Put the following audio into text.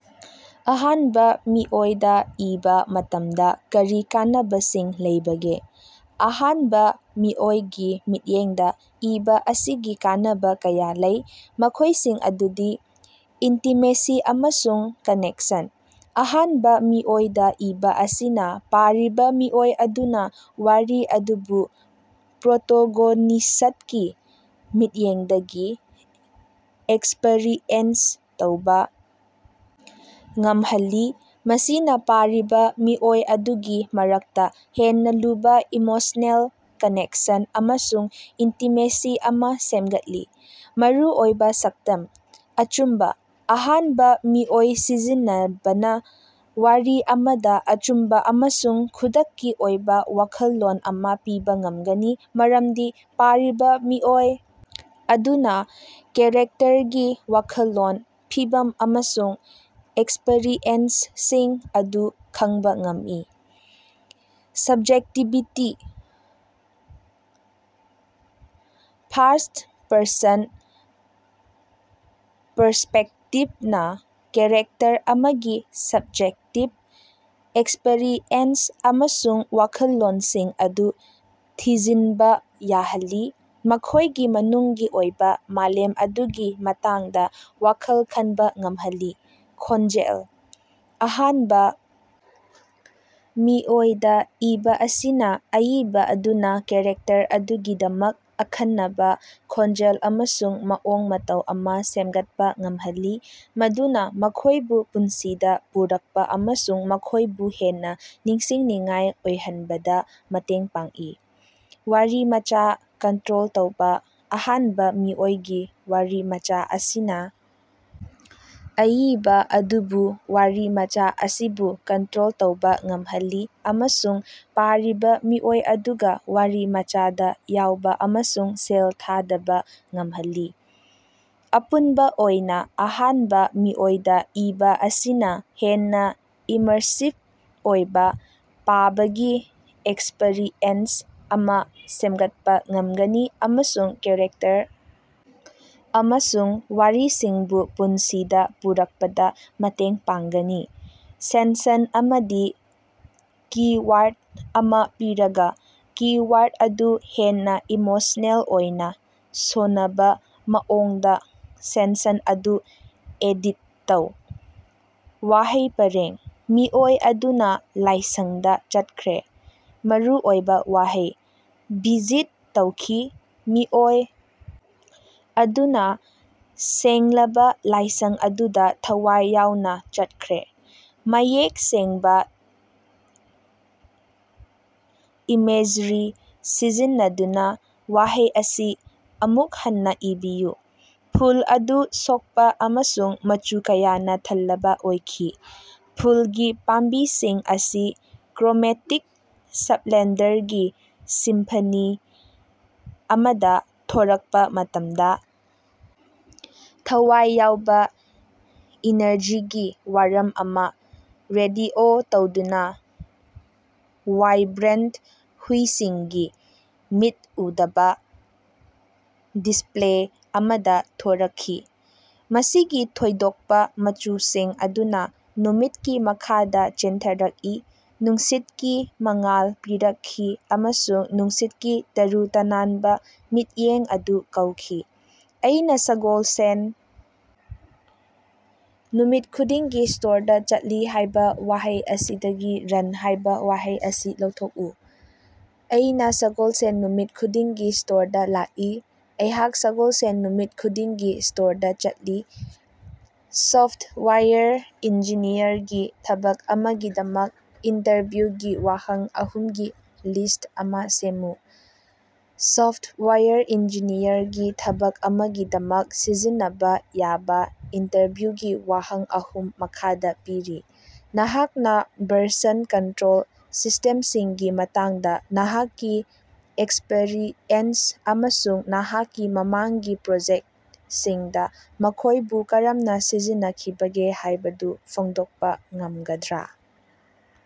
ꯑꯍꯥꯟꯕ ꯃꯤꯑꯣꯏꯗ ꯏꯕ ꯃꯇꯝꯗ ꯀꯔꯤ ꯀꯥꯟꯅꯕꯁꯤꯡ ꯂꯩꯕꯒꯦ? ꯑꯍꯥꯟꯕꯥ ꯃꯤꯑꯣꯏꯒꯤ ꯃꯤꯠꯌꯦꯡꯗ ꯏꯕ ꯑꯁꯤꯒꯤ ꯀꯥꯟꯅꯕ ꯀꯌꯥ ꯂꯩ, ꯃꯈꯣꯏꯁꯤꯡ ꯑꯗꯨꯗꯤ: ꯏꯟꯇꯤꯃꯦꯁꯤ ꯑꯃꯁꯨꯡ ꯀꯅꯦꯛꯁꯟ: ꯑꯍꯥꯟꯕ ꯃꯤꯑꯣꯏꯗ ꯏꯕ ꯑꯁꯤꯅ ꯄꯥꯔꯤꯕ ꯃꯤꯑꯣꯏ ꯑꯗꯨꯅ ꯋꯥꯔꯤ ꯑꯗꯨꯕꯨ ꯄ꯭ꯔꯣꯇꯣꯒꯣꯅꯤꯁꯠꯀꯤ ꯃꯤꯠꯌꯦꯡꯗꯒꯤ ꯑꯦꯛꯁꯄꯔꯤꯑꯦꯟꯁ ꯇꯧꯕ ꯉꯝꯍꯜꯂꯤ, ꯃꯁꯤꯅ ꯄꯥꯔꯤꯕ ꯃꯤꯑꯣꯏ ꯑꯗꯨꯒꯤ ꯃꯔꯛꯇ ꯍꯦꯟꯅ ꯂꯨꯕ ꯏꯃꯣꯁꯅꯦꯜ ꯀꯅꯦꯛꯁꯟ ꯑꯃꯁꯨꯡ ꯏꯟꯇꯤꯃꯦꯁꯤ ꯑꯃ ꯁꯦꯝꯒꯠꯂꯤ꯫ ꯃꯔꯨꯑꯣꯏꯕ ꯁꯛꯇꯝ꯫ ꯑꯆꯨꯝꯕ: ꯑꯍꯥꯟꯕ ꯃꯤꯑꯣꯏ ꯁꯤꯖꯤꯟꯅꯕꯅ ꯋꯥꯔꯤ ꯑꯃꯗ ꯑꯆꯨꯝꯕ ꯑꯃꯁꯨꯡ ꯈꯨꯗꯛꯀꯤ ꯑꯣꯏꯕ ꯋꯥꯈꯜꯂꯣꯟ ꯑꯃ ꯄꯤꯕ ꯉꯝꯒꯅꯤ ꯃꯔꯝꯗꯤ ꯄꯥꯔꯤꯕ ꯃꯤꯑꯣꯏ ꯑꯗꯨꯅ ꯀꯦꯔꯦꯛꯇꯔꯒꯤ ꯋꯥꯈꯜꯂꯣꯟ, ꯐꯤꯚꯝ ꯑꯃꯁꯨꯡ ꯑꯦꯛꯁꯄꯔꯤꯌꯦꯟꯁꯁꯤꯡ ꯑꯗꯨ ꯈꯪꯕ ꯉꯝꯏ꯫ ꯁꯕꯖꯦꯛꯇꯤꯕꯤꯇꯤ: ꯐꯥꯔꯁ꯭ꯠ-ꯄꯔꯁꯟ ꯄꯔꯁꯄꯦꯛꯇꯤꯚꯅ ꯀꯦꯔꯦꯛꯇꯔ ꯑꯃꯒꯤ ꯁꯕꯖꯦꯛꯇꯤꯚ ꯑꯦꯛꯁꯄꯔꯤꯑꯦꯟꯁ ꯑꯃꯁꯨꯡ ꯋꯥꯈꯜꯂꯣꯟꯁꯤꯡ ꯑꯗꯨ ꯊꯤꯖꯤꯟꯕ ꯌꯥꯍꯜꯂꯤ, ꯃꯈꯣꯢꯒꯤ ꯃꯅꯨꯡꯒꯤ ꯑꯣꯏꯕ ꯃꯥꯂꯦꯝ ꯑꯗꯨꯒꯤ ꯃꯇꯥꯡꯗ ꯋꯥꯈꯜ ꯈꯟꯕ ꯉꯝꯍꯜꯂꯤ ꯫ ꯈꯣꯟꯖꯦꯜ: ꯑꯍꯥꯟꯕ ꯃꯤꯑꯣꯏꯗ ꯏꯕ ꯑꯁꯤꯅ ꯑꯏꯕ ꯑꯗꯨꯅ ꯀꯦꯔꯦꯛꯇꯔ ꯑꯗꯨꯒꯤꯗꯃꯛ ꯑꯈꯟꯅꯕ ꯈꯣꯟꯖꯦꯜ ꯑꯃꯁꯨꯡ ꯃꯑꯣꯡ ꯃꯇꯧ ꯑꯃ ꯁꯦꯝꯒꯠꯄ ꯉꯝꯍꯜꯂꯤ, ꯃꯗꯨꯅ ꯃꯈꯣꯏꯕꯨ ꯄꯨꯟꯁꯤꯗ ꯄꯨꯔꯛꯄ ꯑꯃꯁꯨꯡ ꯃꯈꯣꯏꯕꯨ ꯍꯦꯟꯅ ꯅꯤꯡꯁꯤꯡꯅꯤꯡꯉꯥꯏ ꯑꯣꯏꯍꯟꯕꯗ ꯃꯇꯦꯡ ꯄꯥꯡꯏ꯫ ꯋꯥꯔꯤꯃꯆꯥ ꯀꯟꯇ꯭ꯔꯣꯜ ꯇꯧꯕ: ꯑꯍꯥꯟꯕ ꯃꯤꯑꯣꯏꯒꯤ ꯋꯥꯔꯤꯃꯆꯥ ꯑꯁꯤꯅ ꯑꯏꯕ ꯑꯗꯨꯕꯨ ꯋꯥꯔꯤꯃꯆꯥ ꯑꯁꯤꯕꯨ ꯀꯟꯇ꯭ꯔꯣꯜ ꯇꯧꯕ ꯉꯝꯍꯜꯂꯤ ꯑꯃꯁꯨꯡ ꯄꯥꯔꯤꯕ ꯃꯤꯑꯣꯏ ꯑꯗꯨꯒ ꯋꯥꯔꯤꯃꯆꯥꯗ ꯌꯥꯎꯕ ꯑꯃꯁꯨꯡ ꯁꯦꯜ ꯊꯥꯗꯕ ꯉꯝꯍꯜꯂꯤ꯫ ꯑꯄꯨꯟꯕ ꯑꯣꯏꯅ ꯑꯍꯥꯟꯕ ꯃꯤꯑꯣꯏꯗ ꯏꯕ ꯑꯁꯤꯅ ꯍꯦꯟꯅ ꯏꯃꯔꯁꯤꯚ ꯑꯣꯏꯕ ꯄꯥꯕꯒꯤ ꯑꯦꯛꯁꯄꯔꯤꯌꯦꯟꯁ ꯑꯃ ꯁꯦꯝꯒꯠꯄ ꯉꯝꯒꯅꯤ ꯑꯃꯁꯨꯡ ꯀꯦꯔꯦꯛꯇꯔ ꯑꯃꯁꯨꯡ ꯋꯥꯔꯤꯁꯤꯡꯕꯨ ꯄꯨꯟꯁꯤꯗ ꯄꯨꯔꯛꯄꯗ ꯃꯇꯦꯡ ꯄꯥꯡꯒꯅꯤ꯫ ꯁꯦꯟꯁꯟ ꯑꯃꯗꯤ ꯀꯤ-ꯋꯥꯔꯗ ꯑꯃ ꯄꯤꯔꯒ, ꯀꯤ-ꯋꯥꯔꯗ ꯑꯗꯨ ꯍꯦꯟꯅ ꯏꯃꯣꯁꯅꯦꯜ ꯑꯣꯏꯅ ꯁꯣꯅꯕ ꯃꯑꯣꯡꯗ ꯁꯦꯟꯁꯟ ꯑꯗꯨ ꯑꯦꯗꯤꯠ ꯇꯧ꯫ ꯋꯥꯍꯩ ꯄꯔꯦꯡ: ꯃꯤꯑꯣꯏ ꯑꯗꯨꯅ ꯂꯥꯏꯁꯪꯗ ꯆꯠꯈ꯭ꯔꯦ꯫ ꯃꯔꯨꯑꯣꯏꯕ ꯋꯥꯍꯩ: ꯚꯤꯖꯤꯠ ꯇꯧꯈꯤ꯫ ꯃꯤꯑꯣꯏ ꯑꯗꯨꯅ ꯁꯦꯡꯂꯕ ꯂꯥꯏꯁꯪ ꯑꯗꯨꯗ ꯊꯋꯥꯏ ꯌꯥꯎꯅ ꯆꯠꯈ꯭ꯔꯦ꯫ ꯃꯌꯦꯛ ꯁꯦꯡꯕ ꯏꯃꯦꯖꯔꯤ ꯁꯤꯖꯤꯟꯅꯗꯨꯅ ꯋꯥꯍꯩ ꯑꯁꯤ ꯑꯃꯨꯛ ꯍꯟꯅ ꯏꯕꯤꯌꯨ꯫ ꯐꯨꯜ ꯑꯗꯨ ꯁꯣꯛꯄ ꯑꯃꯁꯨꯡ ꯃꯆꯨ ꯀꯌꯥꯅ ꯊꯜꯂꯕ ꯑꯣꯏꯈꯤ꯫ ꯐꯨꯜꯒꯤ ꯄꯥꯝꯕꯤꯁꯤꯡ ꯑꯁꯤ ꯀ꯭ꯔꯣꯃꯦꯇꯤꯛ ꯁꯞꯂꯦꯟꯗꯔꯒꯤ ꯁꯤꯝꯐꯅꯤ ꯑꯃꯗ ꯊꯣꯔꯛꯄ ꯃꯇꯝꯗ ꯊꯋꯥꯏ ꯌꯥꯎꯕ ꯏꯅꯔꯖꯤꯒꯤ ꯋꯥꯔꯝ ꯑꯃ ꯔꯦꯗꯤꯑꯣ ꯇꯧꯗꯨꯅ ꯋꯥꯏꯕ꯭ꯔꯦꯟꯇ ꯍꯨꯏꯁꯤꯡꯒꯤ ꯃꯤꯠ ꯎꯗꯕ ꯗꯤꯁꯄ꯭ꯂꯦ ꯑꯃꯗ ꯊꯣꯔꯛꯈꯤ꯫ ꯃꯁꯤꯒꯤ ꯊꯣꯏꯗꯣꯛꯄ ꯃꯆꯨꯁꯤꯡ ꯑꯗꯨꯅ ꯅꯨꯃꯤꯠꯀꯤ ꯃꯈꯥꯗ ꯆꯦꯟꯊꯔꯛꯏ, ꯅꯨꯡꯁꯤꯠꯀꯤ ꯃꯉꯥꯜ ꯄꯤꯔꯛꯈꯤ ꯑꯃꯁꯨꯡ ꯅꯨꯡꯁꯤꯠꯀꯤ ꯇꯔꯨ ꯇꯅꯥꯟꯕ ꯃꯤꯠꯌꯦꯡ ꯑꯗꯨ ꯀꯧꯈꯤ꯫ "ꯑꯩꯅ ꯁꯒꯣꯜꯁꯦꯟ ꯅꯨꯃꯤꯠ ꯈꯨꯗꯤꯡꯒꯤ ꯁ꯭ꯇꯣꯔꯗ ꯆꯠꯂꯤ" ꯍꯥꯏꯕ ꯋꯥꯍꯩ ꯑꯁꯤꯗꯒꯤ 'ꯔꯟ' ꯍꯥꯏꯕ ꯋꯥꯍꯩ ꯑꯁꯤ ꯂꯧꯊꯣꯛꯎ ꯫ ꯑꯩꯅ ꯁꯒꯣꯜꯁꯦꯟ ꯅꯨꯃꯤꯠ ꯈꯨꯗꯤꯡꯒꯤ ꯁ꯭ꯇꯣꯔꯗ ꯂꯥꯛꯏ꯫ ꯑꯩꯍꯥꯛ ꯁꯒꯣꯜꯁꯦꯟ ꯅꯨꯃꯤꯠ ꯈꯨꯗꯤꯡꯒꯤ ꯁ꯭ꯇꯣꯔꯗ ꯆꯠꯂꯤ꯫ ꯁꯣꯐꯇꯋꯥꯌꯔ ꯏꯟꯖꯤꯅꯤꯌꯔꯒꯤ ꯊꯕꯛ ꯑꯃꯒꯤꯗꯃꯛ ꯏꯟꯇꯔꯚꯤꯎꯒꯤ ꯋꯥꯍꯪ ꯑꯍꯨꯝꯒꯤ ꯂꯤꯁ꯭ꯠ ꯑꯃ ꯁꯦꯝꯃꯨ꯫ ꯁꯣꯐꯇꯋꯥꯌꯔ ꯏꯟꯖꯤꯅꯤꯌꯔꯒꯤ ꯊꯕꯛ ꯑꯃꯒꯤꯗꯃꯛ ꯁꯤꯖꯤꯟꯅꯕ ꯌꯥꯕ ꯏꯟꯇꯔꯚ꯭ꯌꯨꯒꯤ ꯋꯥꯍꯪ ꯑꯍꯨꯝ ꯃꯈꯥꯗ ꯄꯤꯔꯤ: ꯅꯍꯥꯛꯅ ꯚꯔꯁꯟ ꯀꯟꯇ꯭ꯔꯣꯜ ꯁꯤꯁꯇꯦꯝꯁꯤꯡꯒꯤ ꯃꯇꯥꯡꯗ ꯅꯍꯥꯛꯀꯤ ꯑꯦꯛꯁꯄꯔꯤꯌꯦꯟꯁ ꯑꯃꯁꯨꯡ ꯅꯍꯥꯛꯀꯤ ꯃꯃꯥꯡꯒꯤ ꯄ꯭ꯔꯣꯖꯦꯛꯁꯤꯡꯗ ꯃꯈꯣꯏꯕꯨ ꯀꯔꯝꯅ ꯁꯤꯖꯤꯟꯅꯈꯤꯕꯒꯦ ꯍꯥꯏꯕꯗꯨ ꯐꯣꯡꯗꯣꯛꯄ ꯉꯝꯒꯗ꯭ꯔꯥ?